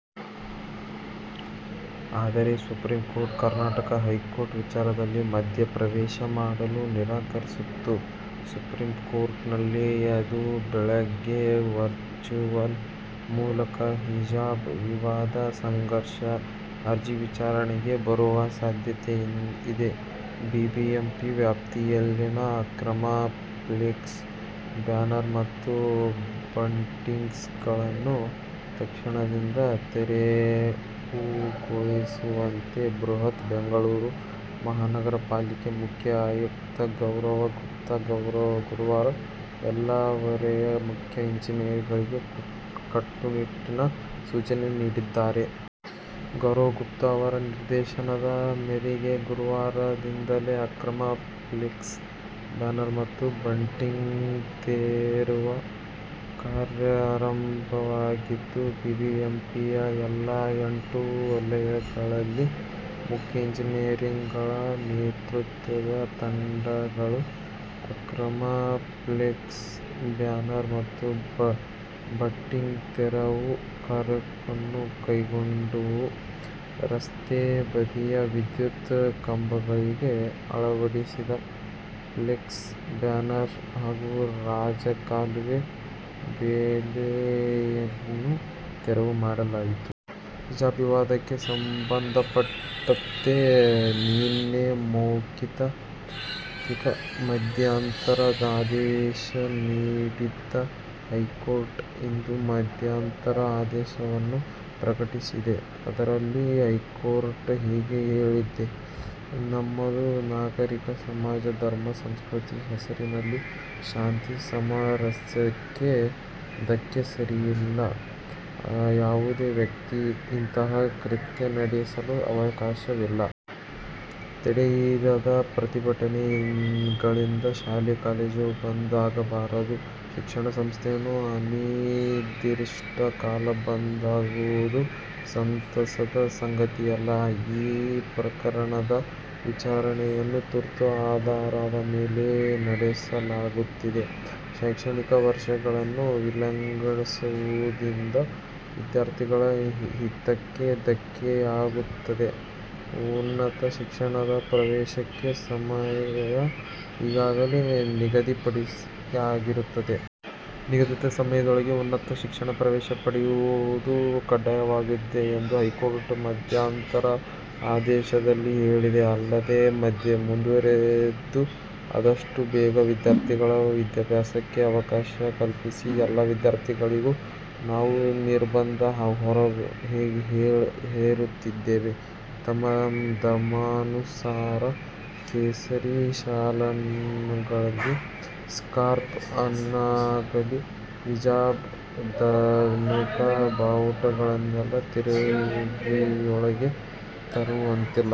ಆದರೆ supreme court, Karnataka high court ವಿಚಾರಣೆಯಲ್ಲಿ ಮಧ್ಯೆ ಪ್ರವೇಶ ಮಾಡಲು ನಿರಾಕರಿಸಿತ್ತು. ಸುಪ್ರೀಂ ಕೋರ್ಟ್ ನಲ್ಲಿ ಇಂದು ಬೆಳಗ್ಗೆ ವರ್ಚುವಲ್ ಮೂಲಕ ಹಿಜಾಬ್ ವಿವಾದ ಸಂಘರ್ಷ ಅರ್ಜಿ ವಿಚಾರಣೆಗೆ ಬರುವ ಸಾಧ್ಯತೆಯಿದೆ. ಬಿಬಿಎಂಪಿ ವ್ಯಾಪ್ತಿಯಲ್ಲಿನ ಅಕ್ರಮ ಫ್ಲೆಕ್ಸ್ ಬ್ಯಾನರ್ ಮತ್ತು ಬಂಟಿಂಗ್ಸ್ಗಳನ್ನು ತಕ್ಷಣದಿಂದ ತೆರವುಗೊಳಿಸುವಂತೆ ಬೃಹತ್ ಬೆಂಗಳೂರು ಮಹಾನಗರ ಪಾಲಿಕೆ ಮುಖ್ಯ ಆಯುಕ್ತ ಗೌರವ್ ಗುಪ್ತಾ, ಗುರುವಾರ ಎಲ್ಲಾ ವಲಯ ಮುಖ್ಯ ಎಂಜಿನಿಯರ್ಗಳಿಗೆ ಕಟ್ಟುನಿಟ್ಟಿನ ಸೂಚನೆ ನೀಡಿದ್ದಾರೆ. ಗೌರವ್ ಗುಪ್ತಾ ಅವರ ನಿರ್ದೇಶನದ ಮೇರೆಗೆ ಗುರುವಾರದಿಂದಲೇ ಅಕ್ರಮ ಫ್ಲೆಕ್ಸ್ ಬ್ಯಾನರ್ ಮತ್ತು ಬಂಟಿಂಗ್ ತೆರವು ಕಾರ್ಯ ಆರಂಭವಾಗಿದ್ದು, ಬಿಬಿಎಂಪಿಯ ಎಲ್ಲ ಎಂಟು ವಲಯಗಳಲ್ಲಿ ಮುಖ್ಯ ಎಂಜಿನಿಯರ್ಗಳ ನೇತೃತ್ವದ ತಂಡಗಳು ಅಕ್ರಮ ಫ್ಲೆಕ್ಸ್ ಬ್ಯಾನರ್ ಮತ್ತು ಬಂಟಿಂಗ್ ತೆರವು ಕಾರ್ಯವನ್ನು ಕೈಗೊಂಡವು. ರಸ್ತೆ ಬದಿಯ ವಿದ್ಯುತ್ ಕಂಬಗಳಿಗೆ ಅಳವಡಿಸಿದ್ದ ಫ್ಲೆಕ್ಸ್ ಬ್ಯಾನರ್ ಹಾಗೂ ರಾಜಕಾಲುವೆ ಬೇಲಿಯನ್ನು ತೆರವು ಮಾಡಲಾಯಿತು. ಹಿಜಾಬ್ ವಿವಾದಕ್ಕೆ ಸಂಬಂಧಪಟ್ಟಂತೆ ನಿನ್ನೆ ಮೌಖಿಕ ಮಧ್ಯಂತರ ಆದೇಶ ನೀಡಿದ್ದ ಹೈಕೋರ್ಟ್ ಇಂದು ಮಧ್ಯಂತರ ಆದೇಶವನ್ನು ಪ್ರಕಟಿಸಿದೆ. ಅದರಲ್ಲಿ ಹೈಕೋರ್ಟ್ ಹೀಗೆ ಹೇಳಿದೆ: ನಮ್ಮದು ನಾಗರಿಕ ಸಮಾಜ. ಧರ್ಮ, ಸಂಸ್ಕೃತಿ ಹೆಸರಲ್ಲಿ ಶಾಂತಿ, ಸಾಮರಸ್ಯಕ್ಕೆ ಧಕ್ಕೆ ಸರಿಯಲ್ಲ. ಯಾವುದೇ ವ್ಯಕ್ತಿ ಇಂತಹ ಕೃತ್ಯ ನಡೆಸಲು ಅವಕಾಶವಿಲ್ಲ. ತಡೆಯಿರದ ಪ್ರತಿಭಟನೆಗಳಿಂದ ಶಾಲೆ ಕಾಲೇಜುಗಳು ಬಂದ್ ಆಗಬಾರದು. ಶಿಕ್ಷಣ ಸಂಸ್ಥೆಗಳು ಅನಿರ್ದಿಷ್ಟ ಕಾಲ ಬಂದ್ ಆಗುವುದು ಸಂತಸದ ಸಂಗತಿಯಲ್ಲ. ಈ ಪ್ರಕರಣದ ವಿಚಾರಣೆಯನ್ನು ತುರ್ತು ಆಧಾರದ ಮೇಲೆ ನಡೆಸಲಾಗುತ್ತಿದೆ. ಶೈಕ್ಷಣಿಕ ವರ್ಷವನ್ನು ವಿಳಂಬಿಸುವುದರಿಂದ ವಿದ್ಯಾರ್ಥಿಗಳ ಹಿತಕ್ಕೆ ಧಕ್ಕೆಯಾಗುತ್ತದೆ. ಉನ್ನತ ಶಿಕ್ಷಣದ ಪ್ರವೇಶಕ್ಕೆ ಸಮಯ ಈಗಾಗಲೇ ನಿಗದಿಯಾಗಿರುತ್ತದೆ. ನಿಗದಿತ ಸಮಯದೊಳಗೆ ಉನ್ನತ ಶಿಕ್ಷಣಕ್ಕೆ ಪ್ರವೇಶ ಪಡೆಯುವುದು ಕಡ್ಡಾಯವಾಗುತ್ತದೆ ಎಂದು ಹೈಕೋರ್ಟ್ ಮಧ್ಯಂತರ ಆದೇಶದಲ್ಲಿ ಹೇಳಿದೆ. ಅಲ್ಲದೆ ಮುಂದುವರಿದು, ಆದಷ್ಟು ಬೇಗ ವಿದ್ಯಾರ್ಥಿಗಳ ವಿದ್ಯಾಭ್ಯಾಸಕ್ಕೆ ಅವಕಾಶ ಕಲ್ಪಿಸಿ. ಎಲ್ಲಾ ವಿದ್ಯಾರ್ಥಿಗಳಿಗೂ ನಾವು ನಿರ್ಬಂಧ ಹೇರುತ್ತಿದ್ದೇವೆ. ತಮ್ಮ ಧರ್ಮಾನುಸಾರ ಕೇಸರಿ ಶಾಲನ್ನಾಗಲೀ, ಸ್ಕಾರ್ಫ್ ಅನ್ನಾಗಲೀ. ಹಿಜಾಬ್, ಧಾರ್ಮಿಕ ಬಾವುಟಗಳನ್ನಾಗಲೀ ತರಗತಿಯೊಳಗೆ ತರುವಂತಿಲ್ಲ.